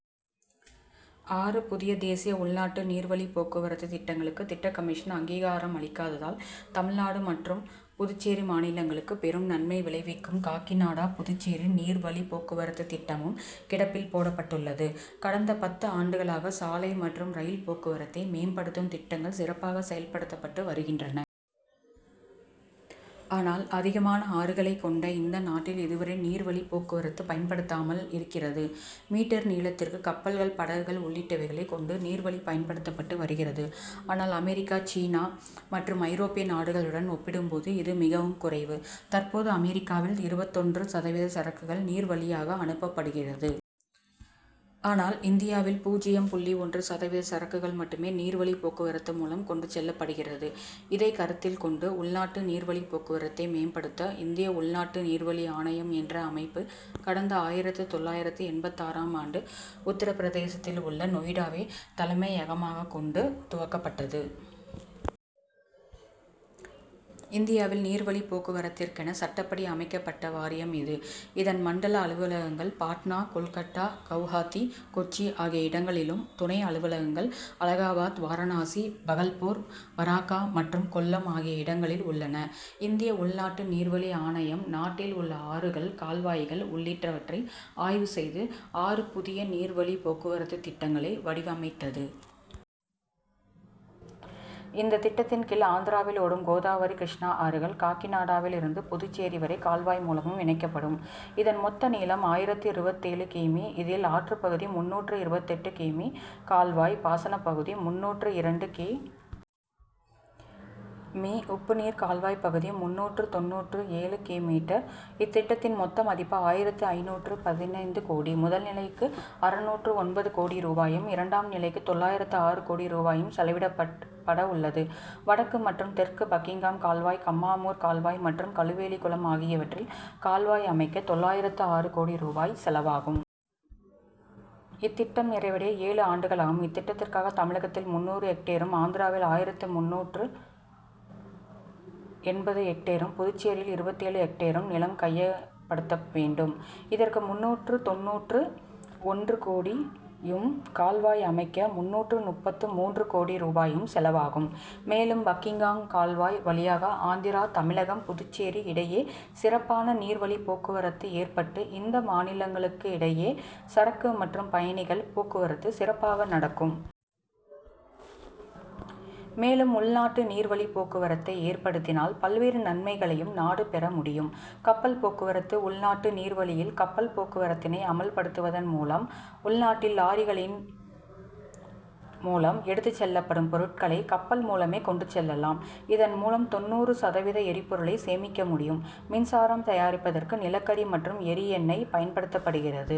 ஆறு புதிய தேசிய உள்நாட்டு நீர்வழிப்போக்குவரத்து திட்டங்களுக்கு திட்டக் கமிஷன் அங்கீகாரம் அளிக்காததால் தமிழ்நாடு மற்றும் புதுச்சேரி மாநிலங்களுக்கு பெரும் நன்மை விளைவிக்கும் காக்கிநாடா புதுச்சேரி நீர் வழிப் போக்குவரத்து திட்டமும் கிடப்பில் போடப்பட்டுள்ளது. கடந்த பத்து ஆண்டுகளாக சாலை மற்றும் ரயில் போக்குவரத்தை மேம்படுத்தும் திட்டங்கள் சிறப்பாக செயல்படுத்தப்பட்டு வருகின்றன. ஆனால் அதிகமான ஆறுகளை கொண்ட இந்த நாட்டில் இதுவரை நீர் வழிப்போக்குவரத்து பயன்படுத்தாமல் இருக்கிறது. மீ. நீளத்திற்கு கப்பல்கள் படகுகள் உள்ளிட்டவைகளை கொண்டு நீர்வழி பயன்படுத்தப்பட்டு வருகிறது. ஆனால் அமெரிக்கா சீனா மற்றும் ஐரோப்பிய நாடுகளுடன் ஒப்பிடும்போது இது மிகவும் குறைவு. தற்போது அமெரிக்காவில் இருபத்தொன்று சதவீத சரக்குகள் நீர்வழியாக அனுப்பப்படுகிறது. ஆனால் இந்தியாவில் பூஜ்யம் புள்ளி ஒன்று சதவீத சரக்குகள் மட்டுமே நீர் வழிப் போக்குவரத்து மூலம் கொண்டு செல்லப்படுகிறது. இதை கருத்தில் கொண்டு உள்நாட்டு நீர் வழிப் போக்குவரத்தை மேம்படுத்த இந்திய உள்நாட்டு நீர்வழி ஆணையம் என்ற அமைப்பு கடந்த ஆயிரத்து தொள்ளாயிரத்து எண்பத்தாறாம் ஆண்டு உத்தரபிரதேசத்தில் உள்ள நொய்டாவை தலைமையகமாக கொண்டு துவக்கப்பட்டது. இந்தியாவில் நீர்வழி போக்குவரத்திற்கென சட்டப்படி அமைக்கப்பட்ட வாரியம் இது. இதன் மண்டல அலுவலகங்கள் பாட்னா கோல்கட்டா கவுஹாத்தி கொச்சி ஆகிய இடங்களிலும் துணை அலுவலகங்கள் அலகாபாத் வாரணாசி பகல்பூர் பராக்கா மற்றும் கொல்லம் ஆகிய இடங்களில் உள்ளன. இந்திய உள்நாட்டு நீர் வழி ஆணையம் நாட்டில் உள்ள ஆறுகள் கால்வாய்கள் உள்ளிட்டவற்றை ஆய்வு செய்து ஆறு புதிய நீர் வழி போக்குவரத்து திட்டங்களை வடிவமைத்தது. இந்த திட்டத்தின் கீழ் ஆந்திராவில் ஓடும் கோதாவரி கிருஷ்ணா ஆறுகள் காகிநாடாவில் இருந்து புதுச்சேரி வரை கால்வாய் மூலமும் இணைக்கப்படும். இதன் மொத்த நீளம் ஆயிரத்து இருபத்தேழு கி. மீ. இதில் ஆற்று பகுதி முந்நூற்று இருபத்தெட்டு கி. மீ. கால்வாய் பாசனப்பகுதி முந்நூற்று இரண்டு கி. மீ. உப்புநீர் கால்வாய் பகுதி முந்நூற்று தொண்ணூற்று ஏழு கி. மீட்டர். இத்திட்டத்தின் மொத்த மதிப்பு ஆயிரத்து ஐந்நூற்று பதினைந்து கோடி. முதல்நிலைக்கு அறுநூற்று ஒன்பது கோடி ரூபாயும் இரண்டாம் நிலைக்கு தொள்ளாயிரத்து ஆறு கோடி ரூபாயும் செலவிடப்பட உள்ளது. வடக்கு மற்றும் தெற்கு பக்கிங்காம் கால்வாய் கம்மாமூர் கால்வாய் மற்றும் கழுவேலி குளம் ஆகியவற்றில் கால்வாய் அமைக்க தொள்ளாயிரத்து ஆறு கோடி ரூபாய் செலவாகும். இத்திட்டம் நிறைவடைய ஏழு ஆண்டுகளாகும். இத்திட்டத்திற்காக தமிழகத்தில் முந்நூறு எக்டேரும் ஆந்திராவில் ஆயிரத்து முந்நூற்று எண்பது எக்டேரும் புதுச்சேரியில் இருபத்தேழு எக்டேரும் நிலம் கையகப்படுத்த வேண்டும். இதற்கு முந்நூற்று தொண்ணூற்று ஒன்று கோடியும் கால்வாய் அமைக்க முந்நூற்று முப்பத்து மூன்று கோடி ரூபாயும் செலவாகும். மேலும் பக்கிங்காம் கால்வாய் வழியாக ஆந்திரா தமிழகம் புதுச்சேரி இடையே சிறப்பான நீர் வழி போக்குவரத்து ஏற்பட்டு இந்த மாநிலங்களுக்கு இடையே சரக்கு மற்றும் பயணிகள் போக்குவரத்து சிறப்பாக நடக்கும். மேலும் உள்நாட்டு நீர் வழிப் போக்குவரத்தை ஏற்படுத்தினால் பல்வேறு நன்மைகளையும் நாடு பெற முடியும். கப்பல் போக்குவரத்து உள்நாட்டு நீர் வழியில் கப்பல் போக்குவரத்தினை அமல்படுத்துவதன் மூலம் உள்நாட்டில் லாரிகளின் மூலம் எடுத்து செல்லப்படும் பொருட்களை கப்பல் மூலமே கொண்டு செல்லலாம். இதன் மூலம் தொண்ணூறு சதவீத எரிபொருளை சேமிக்க முடியும். மின்சாரம் தயாரிப்பதற்கு நிலக்கரி மற்றும் எரி எண்ணெய் பயன்படுத்தப்படுகிறது.